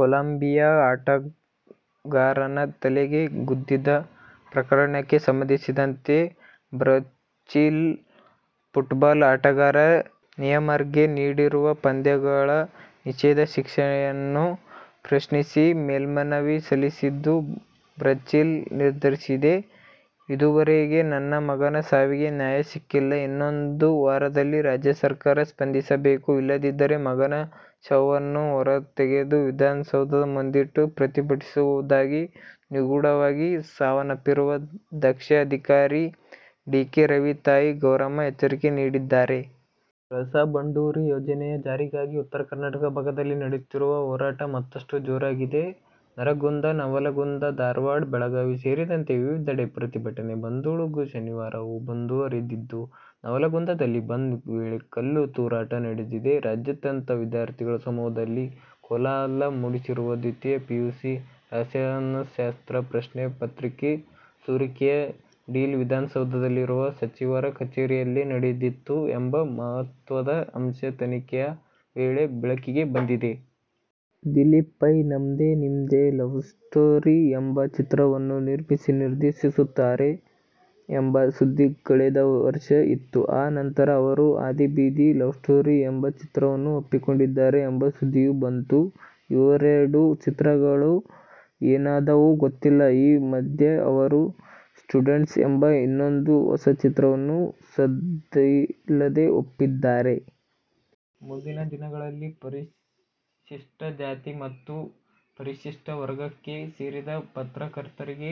Colombia ಆಟಗಾರನ ತಲೆಗೆ ಗುದ್ದಿದ ಪ್ರಕರಣಕ್ಕೆ ಸಂಬಂಧಿಸಿದಂತೆ ಬ್ರಝಿಲ್ ಫುಟ್ಬಾಲ್ ಆಟಗಾರ ನೇಯ್ಮರ್ಗೆ ನೀಡಿರುವ ಪಂದ್ಯಗಳ ನಿಷೇಧ ಶಿಕ್ಷೆಯನ್ನು ಪ್ರಶ್ನಿಸಿ ಮೇಲ್ಮನವಿ ಸಲ್ಲಿಸಲು ಬ್ರಝಿಲ್ ನಿರ್ಧರಿಸಿದೆ. ಇದುವರೆಗೆ ನನ್ನ ಮಗನ ಸಾವಿಗೆ ನ್ಯಾಯ ಸಿಕ್ಕಿಲ್ಲ. ಇನ್ನೊಂದು ವಾರದಲ್ಲಿ ರಾಜ್ಯ ಸರ್ಕಾರ ಸ್ಪಂದಿಸಬೇಕು. ಇಲ್ಲದಿದ್ದರೆ ಮಗನ ಶವವನ್ನು ಹೊರತೆಗೆದು ವಿಧಾನಸೌಧದ ಮುಂದಿಟ್ಟು ಪ್ರತಿಭಟಿಸುವುದಾಗಿ ನಿಗೂಢವಾಗಿ ಸಾವನ್ನಪ್ಪಿರುವ ದಕ್ಷ ಅಧಿಕಾರಿ ಡಿಕೆ ರವಿ ತಾಯಿ ಗೌರಮ್ಮ ಎಚ್ಚರಿಕೆ ನೀಡಿದ್ದಾರೆ. ಕಳಸಾ-ಬಂಡೂರಿ ಯೋಜನೆಯ ಜಾರಿಗಾಗಿ ಉತ್ತರ ಕರ್ನಾಟಕ ಭಾಗದಲ್ಲಿ ನಡೆಯುತ್ತಿರುವ ಹೋರಾಟ ಮತ್ತಷ್ಟು ಜೋರಾಗಿದೆ. ನರಗುಂದ, ನವಲಗುಂದ, ಧಾರವಾಡ, ಬೆಳಗಾವಿ ಸೇರಿದಂತೆ ವಿವಿಧೆಡೆ ಪ್ರತಿಭಟನೆ, ಬಂದ್ಗಳು ಶನಿವಾರವೂ ಮುಂದುವರಿದಿದ್ದು, ನವಲಗುಂದದಲ್ಲಿ ಬಂದ್ ವೇಳೆ ಕಲ್ಲು ತೂರಾಟ ನಡೆದಿದೆ. ರಾಜ್ಯಾದ್ಯಂತ ವಿದ್ಯಾರ್ಥಿ ಸಮೂಹದಲ್ಲಿ ಕೋಲಾಹಲ ಮೂಡಿಸಿರುವ ದ್ವಿತೀಯ ಪಿಯುಸಿ ರಸಾಯನಶಾಸ್ತ್ರ ಪ್ರಶ್ನೆ ಪತ್ರಿಕೆ ಸೋರಿಕೆಯ ಡೀಲ್ ವಿಧಾನ ಸೌಧದಲ್ಲಿರುವ ಸಚಿವರ ಕಚೇರಿಯಲ್ಲೇ ನಡೆದಿತ್ತು ಎಂಬ ಮಹತ್ವದ ಅಂಶ ತನಿಖೆಯ ವೇಳೆ ಬೆಳಕಿಗೆ ಬಂದಿದೆ. ದಿಲೀಪ್ ಪೈ "ನಮ್ದೆ ನಿಮ್ದೆ ಲವ್ಸ್ಟೋರಿ' ಎಂಬ ಚಿತ್ರವನ್ನು ನಿರ್ಮಿಸಿ-ನಿರ್ದೇಶಿಸುತ್ತಾರೆ ಎಂಬ ಸುದ್ದಿ ಕಳೆದ ವರ್ಷ ಇತ್ತು. ಆ ನಂತರ ಅವರು "ಹಾದಿಬೀದಿ ಲವ್ಸ್ಟೋರಿ' ಎಂಬ ಚಿತ್ರವನ್ನು ಒಪ್ಪಿಕೊಂಡಿದ್ದಾರೆ ಎಂಬ ಸುದ್ದಿಯೂ ಬಂತು. ಇವೆರೆಡು ಚಿತ್ರಗಳು ಏನಾದವೋ ಗೊತ್ತಿಲ್ಲ. ಈ ಮಧ್ಯೆ ಅವರು "ಸ್ಟೂಡೆಂಟ್ಸ್' ಎಂಬ ಇನ್ನೊಂದು ಹೊಸ ಚಿತ್ರವನ್ನು ಸದ್ದಿಲ್ಲದೆ ಒಪ್ಪಿದ್ದಾರೆ. ಮುಂದಿನ ದಿನಗಳಲ್ಲಿ ಪರಿಶಿಷ್ಟ ಜಾತಿ ಮತ್ತು ಪರಿಶಿಷ್ಟ ವರ್ಗಕ್ಕೆ ಸೇರಿದ ಪತ್ರಕರ್ತರಿಗೆ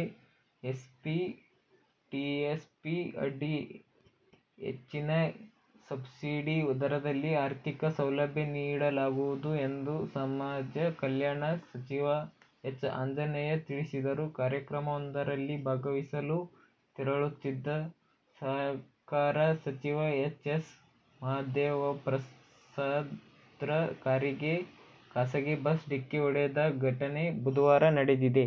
ಎಸ್ಸಿಪಿ-ಟಿಎಸ್ಪಿ ಅಡಿ ಹೆಚ್ಚಿನ ಸಬ್ಸಿಡಿ ದರದಲ್ಲಿ ಆರ್ಥಿಕ ಸೌಲಭ್ಯ ನೀಡ ಲಾಗುವುದು ಎಂದು ಸಮಾಜ ಕಲ್ಯಾಣ ಸಚಿವ ಎಚ್. ಆಂಜನೇಯ ತಿಳಿಸಿದರು. ಕಾರ್ಯಕ್ರಮವೊಂದರಲ್ಲಿ ಭಾಗವಹಿಸಲು ತೆರಳುತ್ತಿದ್ದ ಸಹಕಾರ ಸಚಿವ ಎಚ್. ಎಸ್. ಮಹದೇವಪ್ರಸಾದ್ರ ಕಾರಿಗೆ ಖಾಸಗಿ ಬಸ್ ಡಿಕ್ಕಿ ಹೊಡೆದ ಘಟನೆ ಬುಧವಾರ ನಡೆದಿದೆ.